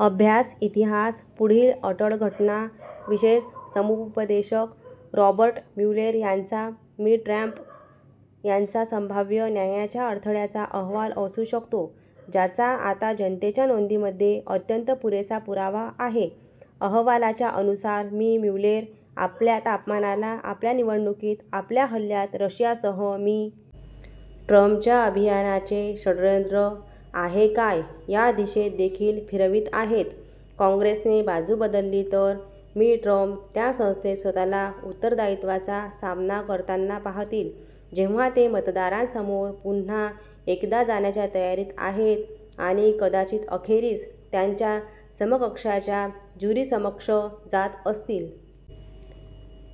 अभ्यास इतिहास पुढील अटळ घटना विशेष समुपदेशक रॉबर्ट म्युलेर यांचा मि. ट्रम्प यांचा संभाव्य न्यायाच्या अडथळ्याचा अहवाल असू शकतो, ज्याचा आता जनतेच्या नोंदीमध्ये अत्यंत पुरेसा पुरावा आहे. अहवालांच्या अनुसार, मि. म्युलेर आपल्या तपासाला, आपल्या निवडणुकीत आपल्या हल्ल्यात रशियासह मि. ट्रम्पच्या अभियानाचे षड्यंत्र आहे काय या दिशेत देखील फिरवीत आहेत. काँग्रेसने बाजू बदलली तर, मि. ट्रम्प त्या संस्थेत स्वतःला उत्तरदायित्वाचा सामना करताना पाहतील, जेव्हा ते मतदारांसमोर पुन्हा एकदा जाण्याच्या तयारीत आहेत, आणि कदाचित अखेरीस त्यांच्या समकक्षांच्या ज्युरीसमक्ष जात असतील.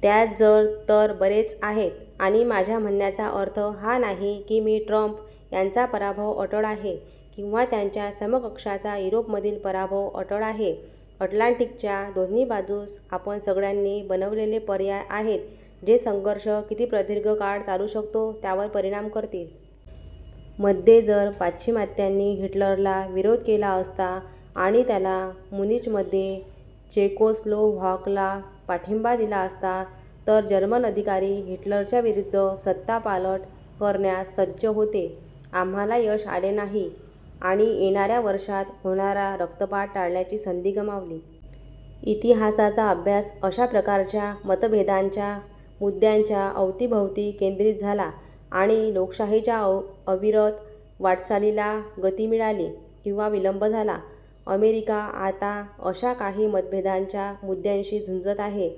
त्यात जर-तर बरेच आहेत, आणि माझ्या म्हणण्याचा अर्थ हा नाही की मि. ट्रम्प यांचा पराभव अटळ आहे – किंवा त्याच्या समकक्षांचा युरोपमधील पराभव अटळ आहे. अटलांटिकच्या दोन्ही बाजूस आपण सगळ्यांनी बनवलेले पर्याय आहेत जे संघर्ष किती प्रदीर्घ काळ चालू शकतो त्यावर परिणाम करतील. मध्ये, जर पाश्चिमात्यांनी हिटलरला विरोध केला असता आणि त्याला मुनीचमध्ये चेकोस्लोव्हाकला पाठिंबा दिला असता तर जर्मन अधिकारी हिटलरच्या विरूद्ध सत्ता पालट करण्यास सज्ज होते. आम्हाला यश आले नाही आणि येणार्या वर्षात होणारा रक्तपात टाळण्याची संधी गमावली. इतिहासाचा अभ्यास अशा प्रकारच्या मतभेदांच्या मुद्यांच्या अवतीभवती केंद्रित झाला आणि लोकशाहीच्या अविरत वाटचालीला गती मिळाली किंवा विलंब झाला. अमेरिका आता अशा काही मतभेदाच्या मुद्द्यांशी झुंझत आहे.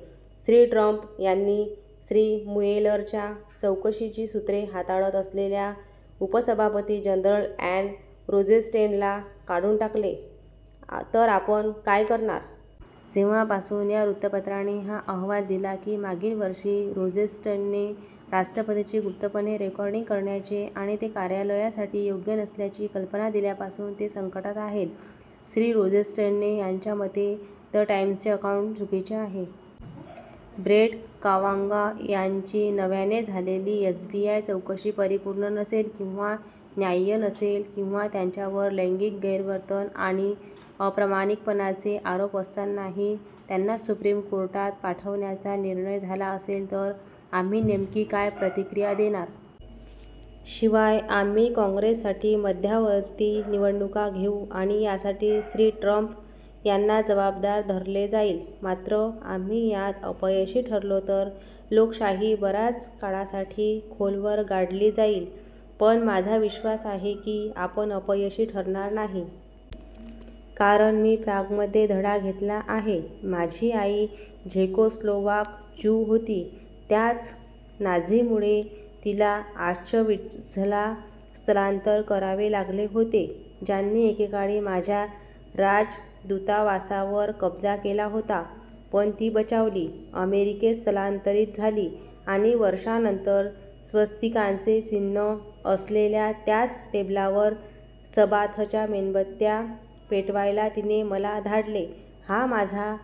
श्री. ट्रम्प यांनी श्री. मुएलरच्या चौकशीची सूत्रे हाताळत असलेल्या, उपसभापती जनरल रॉड रोझेस्टेनला काढून टाकले तर आपण काय करणार? जेव्हापासून या वृत्तपत्राने हा अहवाल दिला की मागील वर्षी रोझेस्टेनने राष्ट्रपतींची गुप्तपणे रेकॉर्डिंग करण्याचे आणि ते कार्यालयासाठी योग्य नसल्याची कल्पना दिल्यापासून ते संकटात आहेत. श्री. रोझेन्सेटन यांच्या मते द टाईम्सचे अकाऊंट चुकीचे आहे. ब्रेट कावांगॉ यांची नव्याने झालेली एफबीआय चौकशी परिपूर्ण नसेल किंवा न्याय्य नसेल- किंवा त्यांच्यावर लैंगिक गैरवर्तन आणि अप्रामाणिकपणाचे आरोप असतानाही त्यांना सुप्रीम कोर्टात पाठवण्याचा निर्णय झाला असेल तर आम्ही नेमकी काय प्रतिक्रिया देणार? शिवाय, आम्ही काँग्रेससाठी मध्यावर्ती निवडणुका घेऊ आणि यासाठी श्री. ट्रम्प यांना जबाबदार धरले जाईल? मात्र, आम्ही यात अपयशी ठरलो तर लोकशाही बराच काळासाठी खोलवर गाडली जाईल. पण माझा विश्वास आहे की आपण अपयशी ठरणार नाही. कारण, मी प्रागमध्ये धडा घेतला आहे. माझी आई झेकोस्लोवाक ज्यू होती. त्याच नाझींमुळे तिला ऑश्चविट्झला स्थलांतर करावे लागले होते ज्यांनी एकेकाळी माझ्या राजदूतावासावर कब्जा केला होता. पण, ती बचावली, अमेरिकेत स्थलांतरित झाली… आणि वर्षांनंतर स्वस्तिकाचे चिन्ह असलेल्या त्याच टेबलावर सबाथच्या मेणबत्त्या पेटवायला तिने मला धाडले. हा माझा